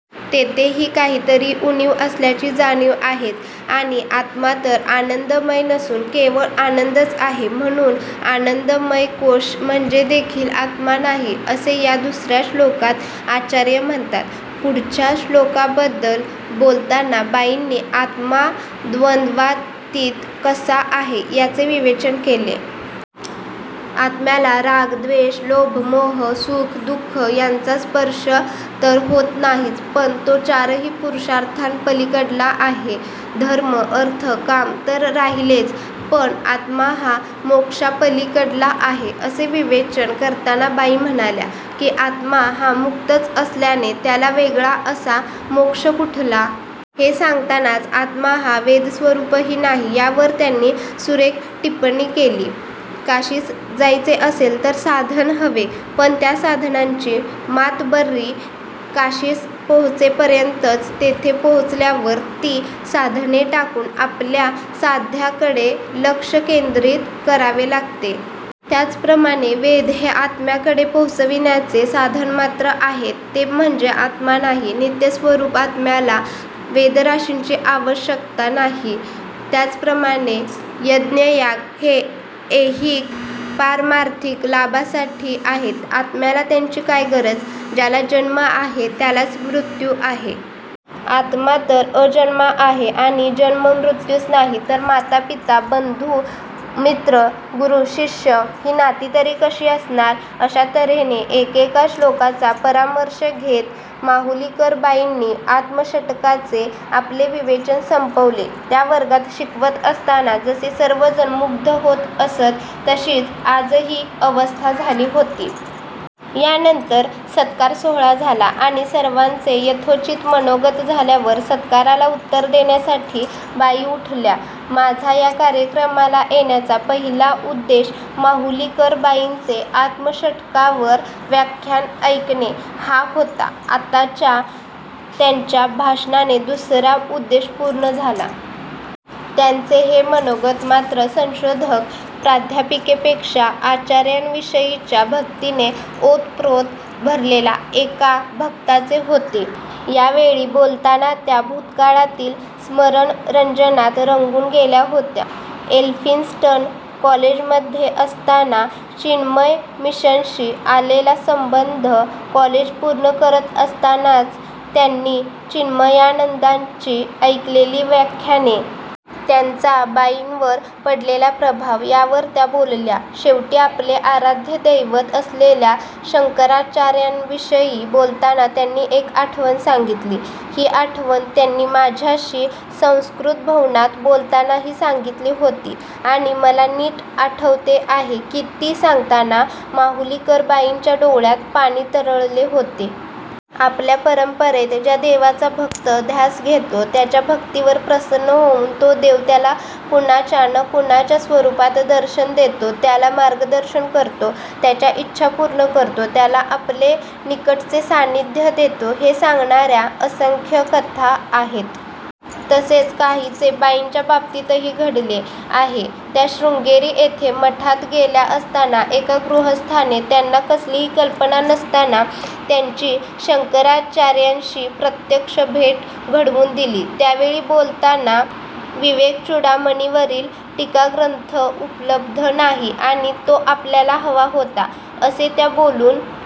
तेथेही काहीतरी उणीव असल्याची जाणीव आहेच. आणि आत्मा तर आनंदमय नसून केवळ आनंदच आहे. म्हणून आनंदमयकोश म्हणजेदेखील आत्मा नाही असे या दुसऱ्या श्लोकात आचार्य म्हणतात. पुढच्या श्लोकाबद्दल बोलताना बाईंनी आत्मा द्वंद्वातीत कसा आहे याचे विवेचन केले. आत्म्याला राग, द्वेष, लोभ, मोह, सुख दुःख यांचा स्पर्श तर होत नाहीच. पण तो चारही पुरुषार्थांपलीकडला आहे. धर्म, अर्थ, काम तर राहिलेच पण आत्मा हा मोक्षापलीकडला आहे असे विवेचन करताना बाई म्हणाल्या की आत्मा हा मुक्तच असल्याने त्याला वेगळा असा मोक्ष कुठला? हे सांगतानाच आत्मा हा वेदस्वरूपही नाही यावर त्यांनी सुरेख टिप्पणी केली. काशीस जायचे असेल तर साधन हवे. पण त्या साधनांची मातब्बरी काशीस पोहोचेपर्यंतच, तेथे पोहोचल्यावर ती साधने टाकून आपल्या साध्याकडे लक्ष केंद्रित करावे लागते. त्याचप्रमाणे वेद हे आत्म्याकडे पोहोचविण्याचे साधनमात्र आहेत. ते म्हणजे आत्मा नाही. नित्यस्वरूप आत्म्याला वेदराशींची आवश्यकता नाही. त्याचप्रमाणे यज्ञयाग हे ऐहिक, पारमार्थिक लाभासाठी आहेत. आत्म्याला त्यांची काय गरज? ज्याला जन्म आहे त्यालाच मृत्यू आहे. आत्मा तर अजन्मा आहे. आणि जन्म मृत्यूच नाही तर माता पिता, बंधू, मित्र, गुरू शिष्य ही नाती तरी कशी असणार? अशा तऱ्हेने एकेका श्लोकाचा परामर्श घेत माहुलीकरबाईंनी आत्मषटकाचे आपले विवेचन संपवले. त्या वर्गात शिकवत असताना जसे सर्वजण मुग्ध होत असत तशीच आजही अवस्था झाली होती. यानंतर सत्कार सोहळा झाला. आणि सर्वांचे यथोचित मनोगत झाल्यावर सत्काराला उत्तर देण्यासाठी बाई उठल्या. माझा या कार्यक्रमाला येण्याचा पहिला उद्देश माहुलीकरबाईंचे आत्मषटकावर व्याख्यान ऐकणे हा होता. आताच्या त्यांच्या भाषणाने दुसरा उद्देश पूर्ण झाला. त्यांचे हे मनोगत मात्र संशोधक, प्राध्यापिकेपेक्षा आचार्यांविषयीच्या भक्तीने ओतप्रोत भरलेल्या एका भक्ताचे होते. यावेळी बोलताना त्या भूतकाळातील स्मरणरंजनात रंगून गेल्या होत्या. एल्फिन्स्टन कॉलेजमध्ये असताना चिन्मयमिशनशी आलेला संबंध, कॉलेज पूर्ण करत असतानाच त्यांनी चिन्मयानंदांची ऐकलेली व्याख्याने. त्यांचा बाईंवर पडलेला प्रभाव यावर त्या बोलल्या. शेवटी आपले आराध्य दैवत असलेल्या शंकराचार्यांविषयी बोलताना त्यांनी एक आठवण सांगितली. ही आठवण त्यांनी माझ्याशी संस्कृतभवनात बोलतानाही सांगितली होती. आणि मला नीट आठवते आहे की ती सांगताना माहुलीकरबाईंच्या डोळ्यांत पाणी तरळले होते. आपल्या परंपरेत ज्या देवाचा भक्त ध्यास घेतो, त्याच्या भक्तीवर प्रसन्न होऊन तो देव त्याला कुणाच्या न कुणाच्या स्वरूपात दर्शन देतो, त्याला मार्गदर्शन करतो, त्याच्या इच्छा पूर्ण करतो, त्याला आपले निकटचे सान्निध्य देतो हे सांगणाऱ्या असंख्य कथा आहेत. तसेच काहीचे बाईंच्या बाबतीतही घडले आहे. त्या शृंगेरी येथे मठात गेल्या असताना एका गृहस्थाने त्यांना कसलीही कल्पना नसताना त्यांची शंकराचार्यांशी प्रत्यक्ष भेट घडवून दिली. त्यावेळी बोलताना विवेकचूडामणीवरील टीकाग्रंथ उपलब्ध नाही आणि तो आपल्याला हवा होता असे त्या बोलून